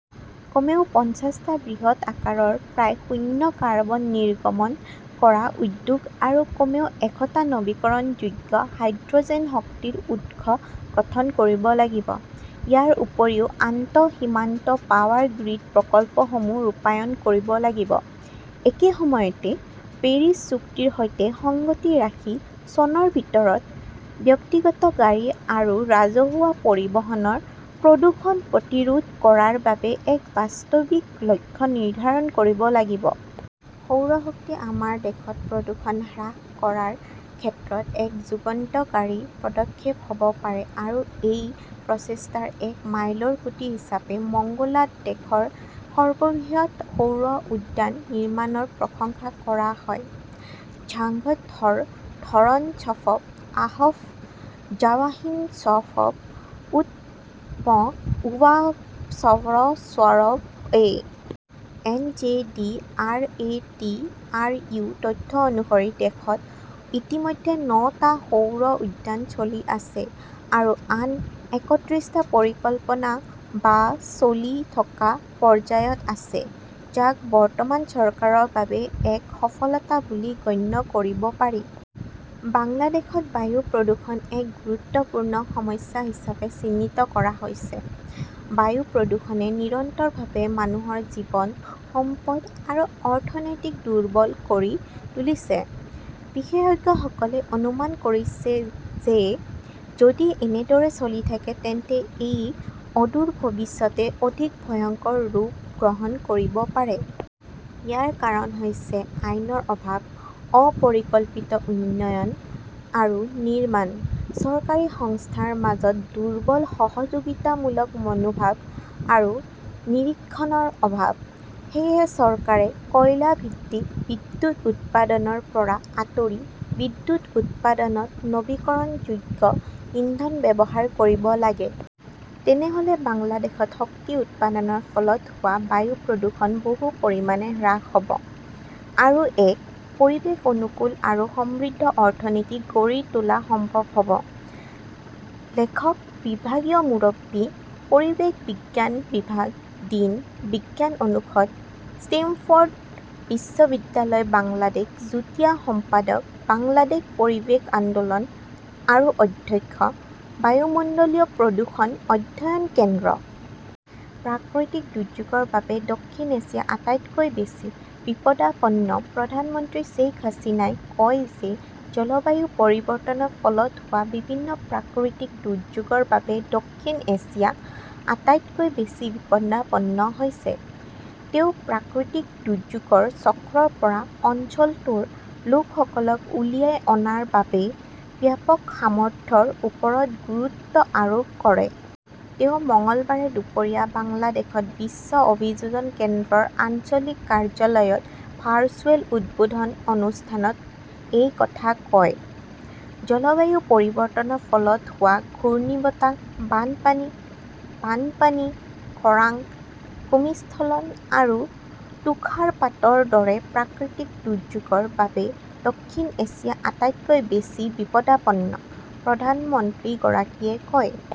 কমেও পঞ্চাছটা বৃহৎ আকাৰৰ প্ৰায় শূন্য কাৰ্বন নিৰ্গমন কৰা উদ্যোগ আৰু কমেও এশটা নৱীকৰণযোগ্য হাইড্ৰ "জেন শক্তিৰ উৎস গঠন কৰিব লাগিব। ইয়াৰ উপৰিও আন্তঃসীমান্ত পাৱাৰ গ্ৰীড প্ৰকল্পসমূহ ৰূপায়ণ কৰিব লাগিব। একে সময়তে, পেৰিছ চুক্তিৰ সৈতে সংগতি ৰাখি চনৰ ভিতৰত ব্যক্তিগত গাড়ী আৰু ৰাজহুৱা পৰিবহণৰ প্ৰদূষণ প্ৰতিৰোধ কৰাৰ বাবে এক বাস্তৱিক লক্ষ্য নিৰ্ধাৰণ কৰিব লাগিব। সৌৰ শক্তি আমাৰ দেশত প্ৰদূষণ হ্ৰাস কৰাৰ ক্ষেত্ৰত এক যুগান্তকাৰী পদক্ষেপ হ'ব পাৰে আৰু সেই প্ৰচেষ্টাৰ এক মাইলৰ খুঁটি হিচাপে মংগোলাত দেশৰ সৰ্ববৃহৎ সৌৰ উদ্যান নিৰ্মাণৰ প্ৰশংসা কৰা হয়। ঝাংঃ ধৰ ধৰণশ্বব আহফ জৱাহিনশ্বব উৱৎমু উৱাবশ্বৰশ্ববঃ A. N. J. D. R. A. T. R. U. তথ্য অনুসৰি, দেশত ইতিমধ্যে নটা সৌৰ উদ্যান চলি আছে আৰু আন একত্ৰিছটা পৰিকল্পনা বা চলি থকা পৰ্যায়ত আছে, যাক বৰ্তমান চৰকাৰৰ বাবে এক সফলতা বুলি গণ্য কৰিব পাৰি। বাংলাদেশত বায়ু প্ৰদূষণ এক গুৰুত্বপূৰ্ণ সমস্যা হিচাপে চিহ্নিত কৰা হৈছে। বায়ু প্ৰদূষণে নিৰন্তৰভাৱে মানুহৰ জীৱন, সম্পদ আৰু অৰ্থনীতিক দুৰ্বল কৰি তুলিছে, বিশেষজ্ঞসকলে অনুমান কৰিছে যে যদি এনেদৰে চলি থাকে তেন্তে ই অদূৰ ভৱিষ্যতে অধিক ভয়ংকৰ ৰূপ গ্ৰহণ কৰিব পাৰে। ইয়াৰ কাৰণ হৈছে আইনৰ অভাৱ, অপৰিকল্পিত উন্নয়ন আৰু নিৰ্মাণ, চৰকাৰী সংস্থাৰ মাজত দুৰ্বল সহযোগিতামূলক মনোভাৱ আৰু নিৰীক্ষণৰ অভাৱ। সেয়েহে চৰকাৰে কয়লা ভিত্তিক বিদ্যুৎ উৎপাদনৰ পৰা আঁতৰি বিদ্যুৎ উৎপাদনত নৱীকৰণযোগ্য ইন্ধন ব্যৱহাৰ কৰিব লাগে। তেনেহ 'লে বাংলাদেশত শক্তি উৎপাদনৰ ফলত হোৱা বায়ু প্ৰদূষণ বহু পৰিমাণে হ্ৰাস হ'ব আৰু এক পৰিৱেশ অনুকূল আৰু সমৃদ্ধ অৰ্থনীতি গঢ়ি তোলা সম্ভৱ হ'ব। লেখক, বিভাগীয় মুৰব্বী, পৰিৱেশ বিজ্ঞান বিভাগ, ডিন, বিজ্ঞান অনুষদ, ষ্টেমফৰ্ড বিশ্ববিদ্যালয় বাংলাদেশ, যুটীয়া সম্পাদক, বাংলাদেশ পৰিৱেশ আন্দোলন আৰু অধ্যক্ষ, বায়ুমণ্ডলীয় প্ৰদূষণ অধ্যয়ন কেন্দ্ৰ। প্ৰাকৃতিক দুৰ্যোগৰ বাবে দক্ষিণ এছিয়া আটাইতকৈ বেছি বিপদাপন্নপ্ৰধানমন্ত্ৰী শ্বেইখ হাছিনাই কয় যে জলবায়ু পৰিৱৰ্তনৰ ফলত হোৱা বিভিন্ন প্ৰাকৃতিক দুৰ্যোগৰ বাবে দক্ষিণ এছিয়া আটাইতকৈ বেছি বিপদাপন্ন হৈছে। তেওঁ প্ৰাকৃতিক দুৰ্যোগৰ চক্ৰৰ পৰা অঞ্চলটোৰ লোকসকলক উলিয়াই অনাৰ বাবে ব্যাপক সামৰ্থ্যৰ ওপৰত গুৰুত্ব আৰোপ কৰে। তেওঁ মঙলবাৰে দুপৰীয়া বাংলাদেশত বিশ্ব অভিযোজন কেন্দ্ৰৰ আঞ্চলিক কাৰ্যালয়ৰ ভাৰ্চুৱেল উদ্বোধন অনুষ্ঠানত এই কথা কয়। "জলবায়ু পৰিৱৰ্তনৰ ফলত হোৱা ঘূৰ্ণীবতাহ, বানপানী, বানপানী, খৰাং, ভূমিস্খলন আৰু তুষাৰপাতৰ দৰে প্ৰাকৃতিক দুৰ্যোগৰ বাবে দক্ষিণ এছিয়া আটাইতকৈ বেছি বিপদাপন্ন", প্ৰধানমন্ত্ৰীগৰাকীয়ে কয়।